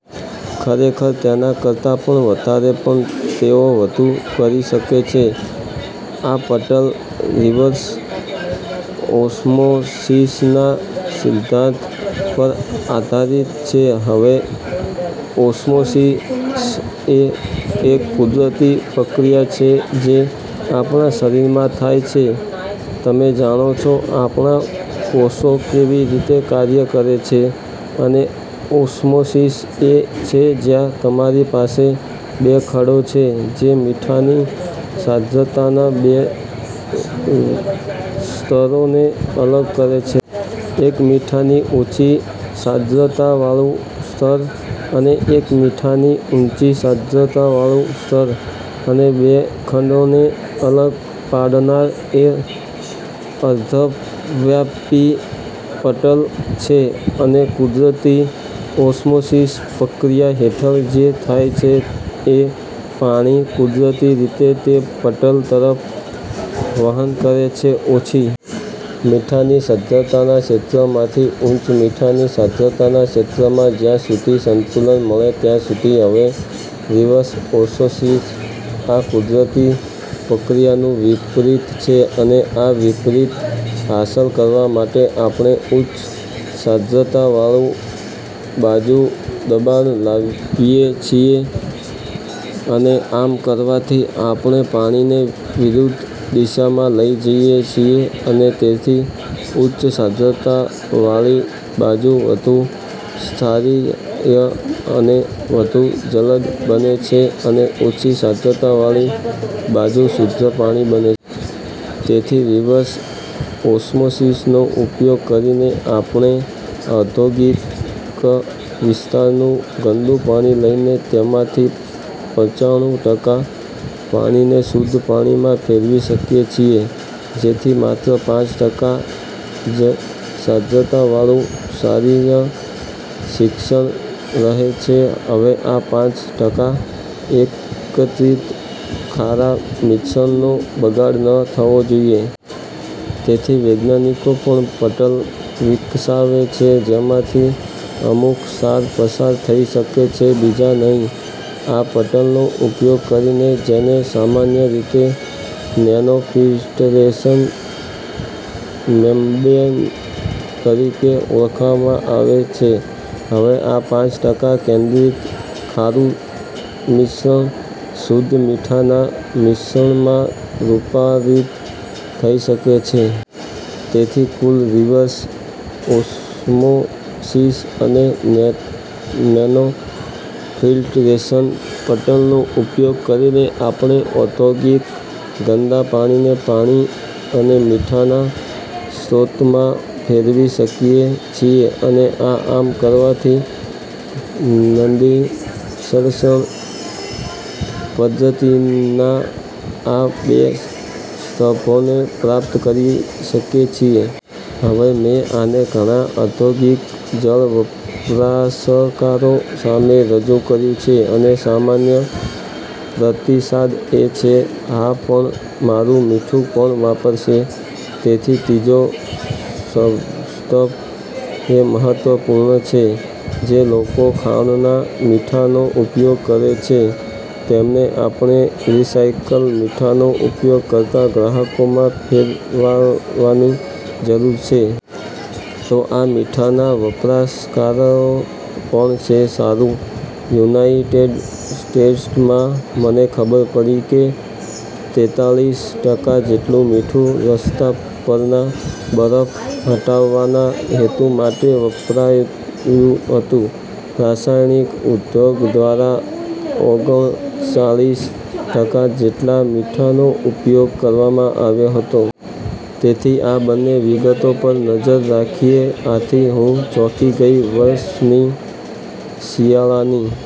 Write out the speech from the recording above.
ખરેખર, તેના કરતા પણ વધારે. પણ તેઓ વધુ કરી શકે છે. આ પટલ રિવર્સ ઓસ્મોસિસના સિદ્ધાંત પર આધારિત છે. હવે ઓસ્મોસિસ એ એક કુદરતી પ્રક્રિયા છે જે આપણા શરીરમાં થાય છે. તમે જાણો છો, આપણાં કોષો કેવી રીતે કાર્ય કરે છે અને ઓસ્મોસિસ એ છે જ્યાં તમારી પાસે બે ખંડો છે, જે મીઠાની સાંદ્રતાના બે સ્તરોને અલગ કરે છે. એક મીઠાની ઓછી સાંદ્રતાવાળુ સ્તર અને એક એ મીઠાની ઉંચી સાંદ્રતાવાળુ સ્તર અને બે ખંડોને અલગ પાડનાર એ અર્ધવ્યાપી પટલ છે.અને કુદરતી ઓસ્મોસિસ પ્રક્રિયા હેઠળ, જે થાય છે એ પાણી કુદરતી રીતે તે પટલ તરફ વહન કરે છે .ઓછી મીઠાની સાંદ્રતાના ક્ષેત્રમાંથી ઉચ્ચ મીઠાની સાંદ્રતાના ક્ષેત્રમાં, જ્યાં સુધી સંતુલન મળે ત્યાં સુધી. હવે રિવર્સ ઓસ્મોસિસ, આ કુદરતી પ્રક્રિયાનું વિપરીત છે અને આ વિપરીત હાંસલ કરવા માટે, આપણે ઉચ્ચ સાંદ્વતાવાળી બાજુ દબાણ લાવીએ છીએ અને આમ કરવાથી, આપણે પાણીને વિરુદ્ધ દિશામાં લઈ જઈએ છીએ અને તેથી ઉચ્ચ સાંદ્રતાવાળી બાજુ વધુ ક્ષારીય અને વધુ જલદ બને છે, અને ઓછી સાંદ્રતાવાળી બાજુ શુદ્ધ પાણી બને છે. તેથી રિવર્સ ઓસ્મોસિસનો ઉપયોગ કરીને આપણે ઔદ્યોગિક વિસ્તારનું ગંદુ પાણી લઈને તેમાંથી પંચાણું ટકા પાણીને શુદ્ધ પાણીમાં ફેરવી શકીએ છીએ, જેથી માત્ર પાંચ ટકા જ સાંદ્રતાવાળુ ક્ષારીય મિશ્રણ રહે છે. હવે, આ પાંચ ટકા એકત્રિત ખારા મિશ્રણનો બગાડ ન થવો જોઈએ. તેથી વૈજ્ઞાનિકો પણ પટલ વિકસાવે છે, જેમાંથી અમુક ક્ષાર પસાર થઈ શકે છે બીજા નહીં. આ પટલનો ઉપયોગ કરીને, જેને સામાન્ય રીતે નેનોફિલ્ટરેશન મેમ્બ્રેન તરીકે ઓળખવામાં આવે છે, હવે આ પાંચ ટકા કેન્દ્રિત ખારું મિશ્રણ શુદ્ધ મીઠાના મિશ્રણમાં રૂપાંતરિત થઈ શકે છે. તેથી કુલ રિવર્સ ઓસ્મોસિસ અને નેનોફિલ્ટરેશન પટલનો ઉપયોગ કરીને, આપણે ઔદ્યોગિક ગંદા પાણીને પાણી અને મીઠાના સ્રોતમાં ફેરવી શકીએ છીએ અને આમ કરવાથી, નદી સંરક્ષણ પદ્ધતિના આ બે સ્તંભોને પ્રાપ્ત કરી શકીએ છીએ. હવે, મેં આને ઘણા ઔદ્યોગિક જળ વપરાશકારો સામે રજૂ કર્યું છે અને સામાન્ય પ્રતિસાદ એ છે, "હા, પણ મારું મીઠું કોણ વાપરશે? " તેથી ત્રીજો સ્તંભ એ મહત્વપૂર્ણ છે, જે લોકો ખાણના મીઠાનો ઉપયોગ કરે છે તેમને આપણે રીસાઈકલ મીઠાનો ઉપયોગ કરતાં ગ્રાહકોમાં ફેરવવાની જરૂર છે. તો આ મીઠાના વપરાશકારો કોણ છે? સારું, યુનાઇટેડ સ્ટેટ્સમાં, મને ખબર પડી કે તેંતાળીસ ટકા જેટલું મીઠું, રસ્તા પરના બરફ હટાવવાના હેતુ માટે વપરાયું હતું. રાસાયણિક ઉદ્યોગ દ્વારા ઓગણચાળીસ ટકા જેટલા મીઠાનો ઉપયોગ કરવામાં આવ્યો હતો. તેથી આ બંને વિગતો પર નજર નાખીએ. આથી, હું ચોંકી ગઈ વર્ષની શિયાળાની